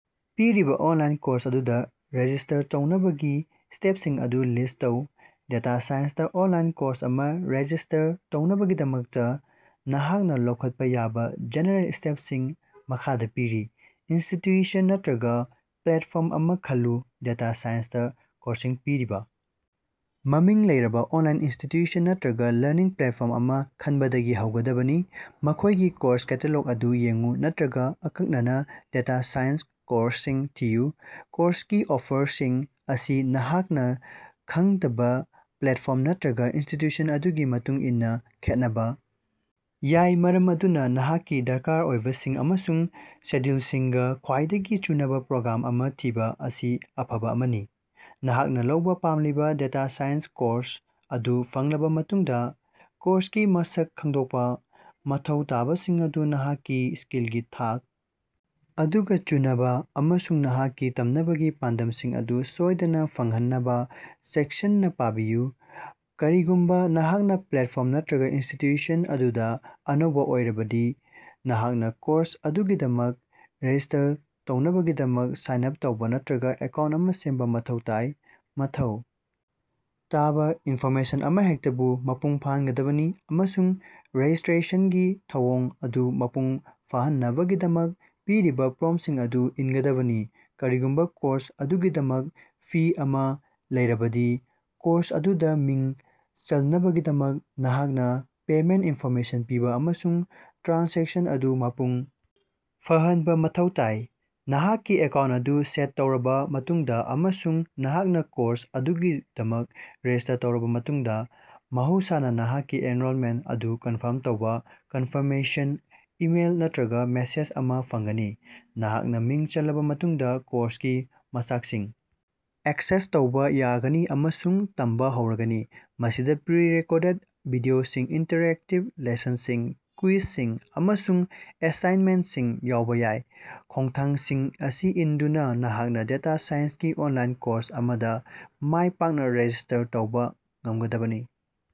ꯄꯤꯔꯤꯕꯥ online course ꯑꯗꯨꯗꯥ register ꯇꯧꯅꯕꯒꯤ ꯁ꯭ꯇꯦꯞꯁꯤꯡ ꯑꯗꯨ ꯂꯤꯁ꯭ꯠ ꯇꯧ꯫ ꯗꯦꯇꯥ ꯁꯥꯏꯟꯁꯇꯥ ꯑꯣꯅꯂꯥꯏꯟ ꯀꯣꯔꯁ ꯑꯃꯥ ꯔꯦꯖꯤꯁ꯭ꯇꯔ ꯇꯧꯅꯕꯒꯤꯗꯃꯛꯇꯥ ꯅꯍꯥꯛꯅꯥ ꯂꯧꯈꯠꯄꯥ ꯌꯥꯕꯥ ꯖꯦꯅꯦꯔꯦꯜ ꯁ꯭ꯇꯦꯞꯁꯤꯡ ꯃꯈꯥꯗꯥ ꯄꯤꯔꯤ꯫ ꯏꯟꯁꯇꯤꯠꯌꯨꯁꯟ ꯅꯠꯇ꯭ꯔꯒꯥ ꯄ꯭ꯂꯦꯇꯐꯣꯔꯝ ꯑꯃꯥ ꯈꯜꯂꯨ ꯗꯦꯇꯥ ꯁꯥꯏꯟꯁꯇꯥ ꯀꯣꯔꯁꯁꯤꯡ ꯄꯤꯔꯤꯕꯥ ꯃꯃꯤꯡ ꯂꯩꯔꯕꯥ ꯑꯣꯟꯂꯥꯏꯟ ꯏꯟꯁꯇꯤꯠꯌꯨꯁꯟ ꯅꯠꯇ꯭ꯔꯒꯥ ꯂꯔꯅꯤꯡ ꯄ꯭ꯂꯦꯇꯐꯣꯔꯝ ꯑꯃꯥ ꯈꯟꯕꯗꯒꯤ ꯍꯧꯒꯗꯕꯅꯤ꯫ ꯃꯈꯣꯏꯒꯤ ꯀꯣꯔꯁ ꯀꯦꯇꯥꯂꯣꯒ ꯑꯗꯨ ꯌꯦꯡꯎ ꯅꯠꯇ꯭ꯔꯒ ꯑꯀꯛꯅꯅꯥ ꯗꯦꯇꯥ ꯁꯥꯏꯟꯁ ꯀꯣꯔꯁꯁꯤꯡ ꯊꯤꯌꯨ꯫ ꯀꯣꯔꯁꯀꯤ ꯑꯣꯐꯔꯁꯤꯡ ꯑꯁꯤ ꯅꯍꯥꯛꯅꯥ ꯈꯟꯗꯕꯥ ꯄ꯭ꯂꯦꯠꯐꯣꯔꯝ ꯅꯠꯇ꯭ꯔꯒꯥ ꯏꯟꯁꯇꯤꯠꯌꯨꯁꯟ ꯑꯗꯨꯒꯤ ꯃꯇꯨꯡ ꯏꯟꯅꯥ ꯈꯦꯠꯅꯕꯥ ꯌꯥꯏ, ꯃꯔꯝ ꯑꯗꯨꯅꯥ ꯅꯍꯥꯛꯀꯤ ꯗꯔꯀꯥꯔ ꯑꯣꯏꯕꯁꯤꯡ ꯑꯃꯁꯨꯡ ꯁꯦꯗ꯭ꯌꯨꯂꯁꯤꯡꯒꯥ ꯈ꯭ꯋꯥꯏꯗꯒꯤ ꯆꯨꯅꯕꯥ ꯄ꯭ꯔꯣꯒ꯭ꯔꯥꯝ ꯑꯃꯥ ꯊꯤꯕꯥ ꯑꯁꯤ ꯑꯐꯕꯥ ꯑꯃꯅꯤ꯫ꯅꯍꯥꯛꯅꯥ ꯂꯧꯕꯥ ꯄꯥꯝꯂꯤꯕꯥ ꯗꯦꯇꯥ ꯁꯥꯏꯟꯁ ꯀꯣꯔꯁ ꯑꯗꯨ ꯐꯪꯂꯕꯥ ꯃꯇꯨꯡꯗꯥ, ꯀꯣꯔꯁꯀꯤ ꯃꯁꯛ ꯈꯪꯗꯣꯛꯄꯥ, ꯃꯊꯧ ꯇꯥꯕꯁꯤꯡ ꯑꯗꯨ ꯅꯍꯥꯛꯀꯤ ꯁ꯭ꯀꯤꯜꯒꯤ ꯊꯥꯛ ꯑꯗꯨꯒꯥ ꯆꯨꯅꯕꯥ ꯑꯃꯁꯨꯡ ꯅꯍꯥꯛꯀꯤ ꯇꯝꯅꯕꯒꯤ ꯄꯥꯟꯗꯝꯁꯤꯡ ꯑꯗꯨ ꯁꯣꯏꯗꯅꯥ ꯐꯪꯍꯟꯅꯕꯥ ꯆꯦꯛꯁꯤꯟꯅꯥ ꯄꯥꯕꯤꯌꯨ꯫ ꯀꯔꯤꯒꯨꯝꯕꯥ ꯅꯍꯥꯛꯅꯥ ꯄ꯭ꯂꯦꯇꯐꯣꯔꯝ ꯅꯠꯇ꯭ꯔꯒꯥ ꯏꯟꯁꯇꯤꯠꯌꯨꯁꯟ ꯑꯗꯨꯗꯥ ꯑꯅꯧꯕꯥ ꯑꯣꯏꯔꯕꯗꯤ, ꯅꯍꯥꯛꯅꯥ ꯀꯣꯔꯁ ꯑꯗꯨꯒꯤꯗꯃꯛ ꯔꯦꯖꯤꯁ꯭ꯇꯔ ꯇꯧꯅꯕꯒꯤꯗꯃꯛ ꯁꯥꯏꯟ ꯑꯥꯞ ꯇꯧꯕ ꯅꯠꯇ꯭ꯔꯒꯥ ꯑꯦꯀꯥꯎꯟꯇ ꯑꯃꯥ ꯁꯦꯝꯕ ꯃꯊꯧ ꯇꯥꯏ꯫ꯃꯊꯧ ꯇꯥꯕꯥ ꯏꯟꯐꯣꯔꯃꯦꯁꯟ ꯑꯃꯍꯦꯛꯇꯕꯨ ꯃꯄꯨꯡ ꯐꯥꯍꯟꯒꯗꯕꯅꯤ ꯑꯃꯁꯨꯡ ꯔꯦꯖꯤꯁ꯭ꯇꯔꯦꯁꯟꯒꯤ ꯊꯧꯑꯣꯡ ꯑꯗꯨ ꯃꯄꯨꯡ ꯐꯥꯍꯟꯅꯕꯒꯤꯗꯃꯛ ꯄꯤꯔꯤꯕꯥ ꯄ꯭ꯔꯣꯝꯁꯤꯡ ꯑꯗꯨ ꯏꯟꯒꯗꯕꯅꯤ꯫ ꯀꯔꯤꯒꯨꯝꯕꯥ ꯀꯣꯔꯁ ꯑꯗꯨꯒꯤꯗꯃꯛ ꯐꯤ ꯑꯃꯥ ꯂꯩꯔꯕꯗꯤ, ꯀꯣꯔꯁ ꯑꯗꯨꯗꯥ ꯃꯤꯡ ꯆꯜꯅꯕꯒꯤꯗꯃꯛ ꯅꯍꯥꯛꯅꯥ ꯄꯦꯃꯦꯟꯇ ꯏꯟꯐꯣꯔꯃꯦꯁꯟ ꯄꯤꯕꯥ ꯑꯃꯁꯨꯡ ꯇ꯭ꯔꯥꯟꯖꯦꯛꯁꯟ ꯑꯗꯨ ꯃꯄꯨꯡ ꯐꯥꯍꯟꯕꯥ ꯃꯊꯧ ꯇꯥꯏ꯫ ꯅꯍꯥꯛꯀꯤ ꯑꯦꯀꯥꯎꯟꯇ ꯑꯗꯨ ꯁꯦꯠ ꯇꯧꯔꯕꯥ ꯃꯇꯨꯡꯗꯥ ꯑꯃꯁꯨꯡ ꯅꯍꯥꯛꯅꯥ ꯀꯣꯔꯁ ꯑꯗꯨꯒꯤꯗꯃꯛ ꯔꯦꯖꯤꯁ꯭ꯇꯔ ꯇꯧꯔꯕꯥ ꯃꯇꯨꯡꯗꯥ, ꯃꯍꯧꯁꯥꯅꯥ ꯅꯍꯥꯛꯀꯤ ꯑꯦꯟꯔꯣꯝꯃꯦꯟꯠ ꯑꯗꯨ ꯀꯟꯐꯥꯔꯝ ꯇꯧꯕ ꯀꯟꯐꯥꯔꯃꯦꯁꯟ ꯏꯃꯦꯜ ꯅꯠꯇ꯭ꯔꯒꯥ ꯃꯦꯁꯦꯖ ꯑꯃꯥ ꯐꯪꯒꯅꯤ꯫ꯅꯍꯥꯛꯅꯥ ꯃꯤꯡ ꯆꯜꯂꯕꯥ ꯃꯇꯨꯡꯗꯥ ꯀꯣꯔꯁꯀꯤ ꯃꯆꯥꯛꯁꯤꯡ ꯑꯦꯛꯁꯦꯁ ꯇꯧꯕ ꯌꯥꯒꯅꯤ ꯑꯃꯁꯨꯡ ꯇꯝꯕ ꯍꯧꯔꯒꯅꯤ꯫ ꯃꯁꯤꯗꯥ ꯄ꯭ꯔꯤ ꯔꯦꯀꯣꯔꯠ ꯇꯧꯔꯕꯥ ꯚꯤꯗꯤꯑꯣꯁꯤꯡ, ꯏꯟꯇꯔꯦꯛꯇꯤꯛ ꯂꯦꯁꯟꯁꯤꯡ, ꯀ꯭ꯋꯤꯖꯁꯤꯡ ꯑꯃꯁꯨꯡ ꯑꯦꯁꯥꯏꯃꯦꯟꯠꯁꯤꯡ ꯌꯥꯎꯕ ꯌꯥꯏ꯫ ꯈꯣꯡꯊꯥꯡꯁꯤꯡ ꯑꯁꯤ ꯏꯟꯗꯨꯅꯥ, ꯅꯍꯥꯛꯅꯥ ꯗꯦꯇꯥ ꯁꯥꯏꯟꯁꯀꯤ ꯑꯣꯅꯂꯥꯏꯟ ꯀꯣꯔꯁ ꯑꯃꯗꯥ ꯃꯥꯏꯄꯥꯛꯅꯥ ꯔꯦꯖꯤꯁ꯭ꯇꯔ ꯇꯧꯕꯥ ꯉꯝꯒꯗꯕꯅꯤ꯫